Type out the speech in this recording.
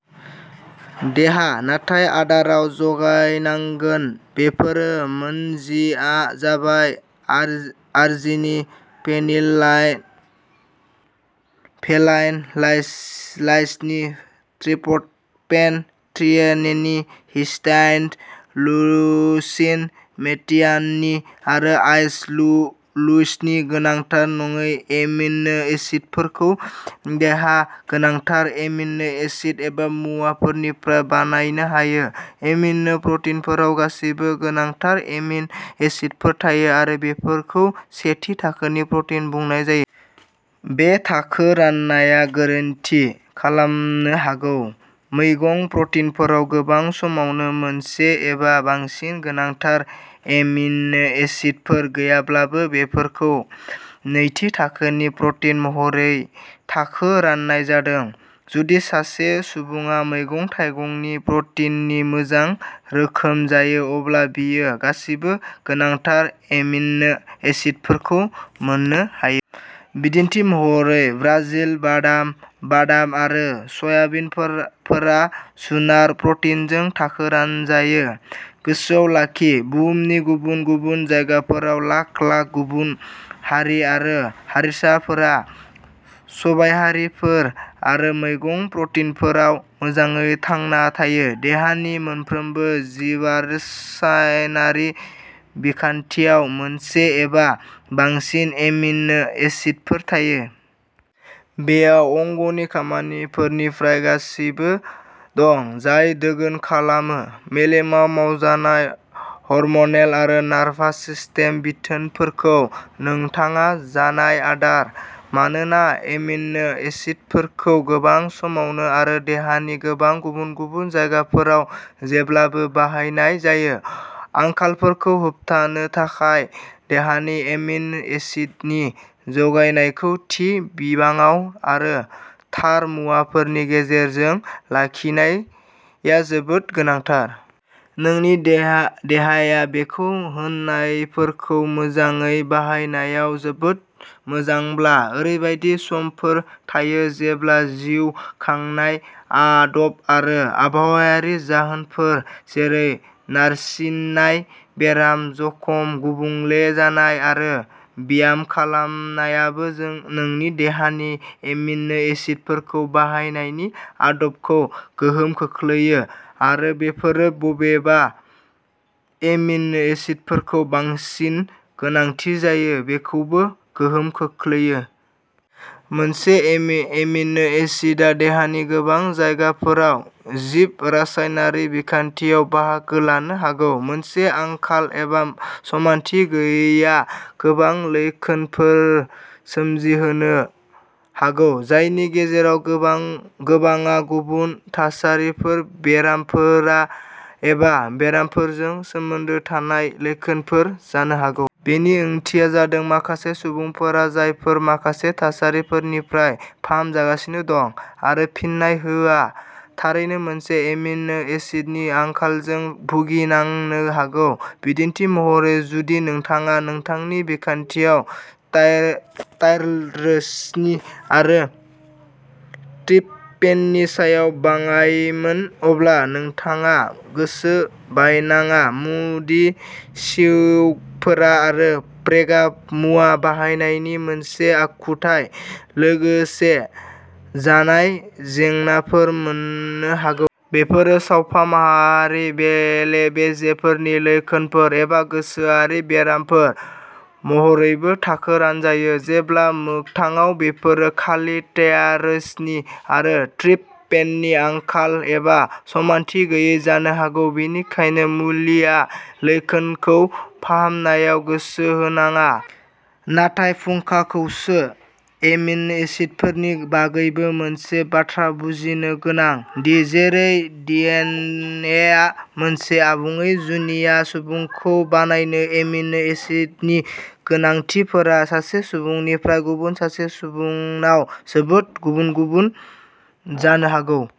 देहा, नाथाय आदाराव जगायनांगोन। बेफोर मोन जि आ जाबाय arginine, phenylalanine, valine, lysine, tryptophan, threonine, histidine, leucine, methionine आरो आइस'ल्युसिन। गोनांथार नङै एमिनो एसिडफोरखौ देहाया गोनांथार एमिनो एसिड एबा मुवाफोरनिफ्राय बानायनो हायो। एमिनो प्रटिनफोराव गासैबो गोनांथार एमिनो एसिडफोर थायो आरो बेफोरखौ "सेथि थाखोनि" प्रटिन बुंनाय जायो। बे थाखो राननाया गोरोन्थि खालामनो हागौ। मैगं प्रटिनफोराव गोबां समावनो मोनसे एबा बांसिन गोनांथार एमिनो एसिडफोर गैयाब्लाबो, बेफोरखौ "नैथि थाखोनि" प्रटिन महरै थाखो राननाय जादों। जुदि सासे सुबुङा मैगं-थाइगंनि प्रटिननि मोजां रोखोम जायो, अब्ला बियो गासैबो गोनांथार एमिनो एसिडफोरखौ मोननो हायो। बिदिन्थि महरै, ब्राजिल बादाम, बादाम आरो सयाबिनफोरा जुनार प्रटिनजों थाखो रानजायो। गोसोआव लाखि, बुहुमनि गुबुन गुबुन जायगाफोराव लाख-लाख गुबुन हारि आरो हारिसाफोरा सबायहारिफोर आरो मैगं प्रटिनफोराव मोजाङै थांना थायो। देहानि मोनफ्रोमबो जिबरासायनारि बिखान्थियाव मोनसे एबा बांसिन एमिनो एसिडफोर थाफायो। बेयाव अंगनि खामानिफोरनिफ्राय गासैबो दं जाय दोगोन खालामो। मेलेमाव मावजानाय हर्म'नेल आरो नार्भास सिस्टेम बिथोनफोरखौ नोंथाङा जानाय आदार। मानोना एमिनो एसिडफोरखौ गोबां समावनो आरो देहानि गोबां गुबुन-गुबुन जायगाफोराव जेब्लाबो बाहायनाय जायो, आंखालफोरखौ होबथानो थाखाय देहानि एमिनो एसिडनि जगायनायखौ, थि बिबाङाव आरो थार मुवाफोरनि गेजेरजों लाखिनाया जोबोद गोनांथार। नोंनि देहा देहाया बेखौ होनायफोरखौ मोजाङै बाहायनायाव जोबोद मोजांब्लाबो, ओरैबायदि समफोर थायो जेब्ला जिउ खुंनाय आदब आरो आबहावायारि जाहोनफोर जेरै नारसिननाय, बेराम, जखम, गुबुंले जानाय आरो ब्याम खालामनायाबो नोंनि देहाया एमिनो एसिडफोरखौ बाहायनायनि आदबखौ गोहोम खोख्लैयो आरो बेफोरो बबे एमिनो एसिडफोरखौ बांसिन गोनांथि जायो बेखौबो गोहोम खोख्लैयो। मोनसे एमिन एमिनो एसिडआ देहानि गोबां जायगाफोराव जिबरासायनारि बिखान्थियाव बाहागो लानो हागौ, मोनसे आंखाल एबा समानथि गैयैआ गोबां लैखोनफोर सोमजिहोनो हागौ, जायनि गेजेराव गोबांआ गुबुन थासारिफोर, बेरामफोर एबा बेरामफोरजों सोमोन्दो थानाय लैखोनफोर जानो हागौ। बेनि ओंथिया जादों माखासे सुबुंफोरा जायफोरा माखासे थासारिफोरनिफ्राय फाहामजागासिनो दं, आरो फिन्नाय होआ, थारैनो मोनसे एमिनो एसिडनि आंखालजों भुगिनांनो हागौ। बिदिन्थि महरै, जुदि नोंथाङा नोंथांनि बिखान्थियाव टायरोसिन आरो ट्रिप्ट'फेननि सायाव बाङायमोन, अब्ला नोंथाङा गोसो बायनाङा, मुड स्विंगफोर, आरो फेग्रा मुवा बाहायनायनि मोनसे आखुथाय, लोगोसे जानाय जेंनाफोर मोननो हागौ। बेफोरो सावफाहामारि बेले-बेजेफोरनि लैखोनफोर, एबा गोसोआरि बेरामफोर महरैबो थाखो रानजायो, जेब्ला मोगथाङाव बेफोर खालि टायरोसिन आरो ट्रिप्ट'फेननि आंखाल एबा समानथि गैयै जानो हागौ। बेनिखायनो मुलिआ लैखोनखौ फाहामनायाव गोसो होनाङा, नाथाय फुंखाखौसो। एमिनो एसिडफोरनि बागैबो मोनसे बाथ्रा बुजिनो गोनां दि, जेरै डिएनएआ मोनसे आबुङै जुनिया सुबुंखौ बानायो, एमिनो एसिडनि गोनांथिफोरा सासे सुबुंनिफ्राय गुबुन सासे सुबुंनाव जोबोद गुबुन-गुबुन जानो हागौ।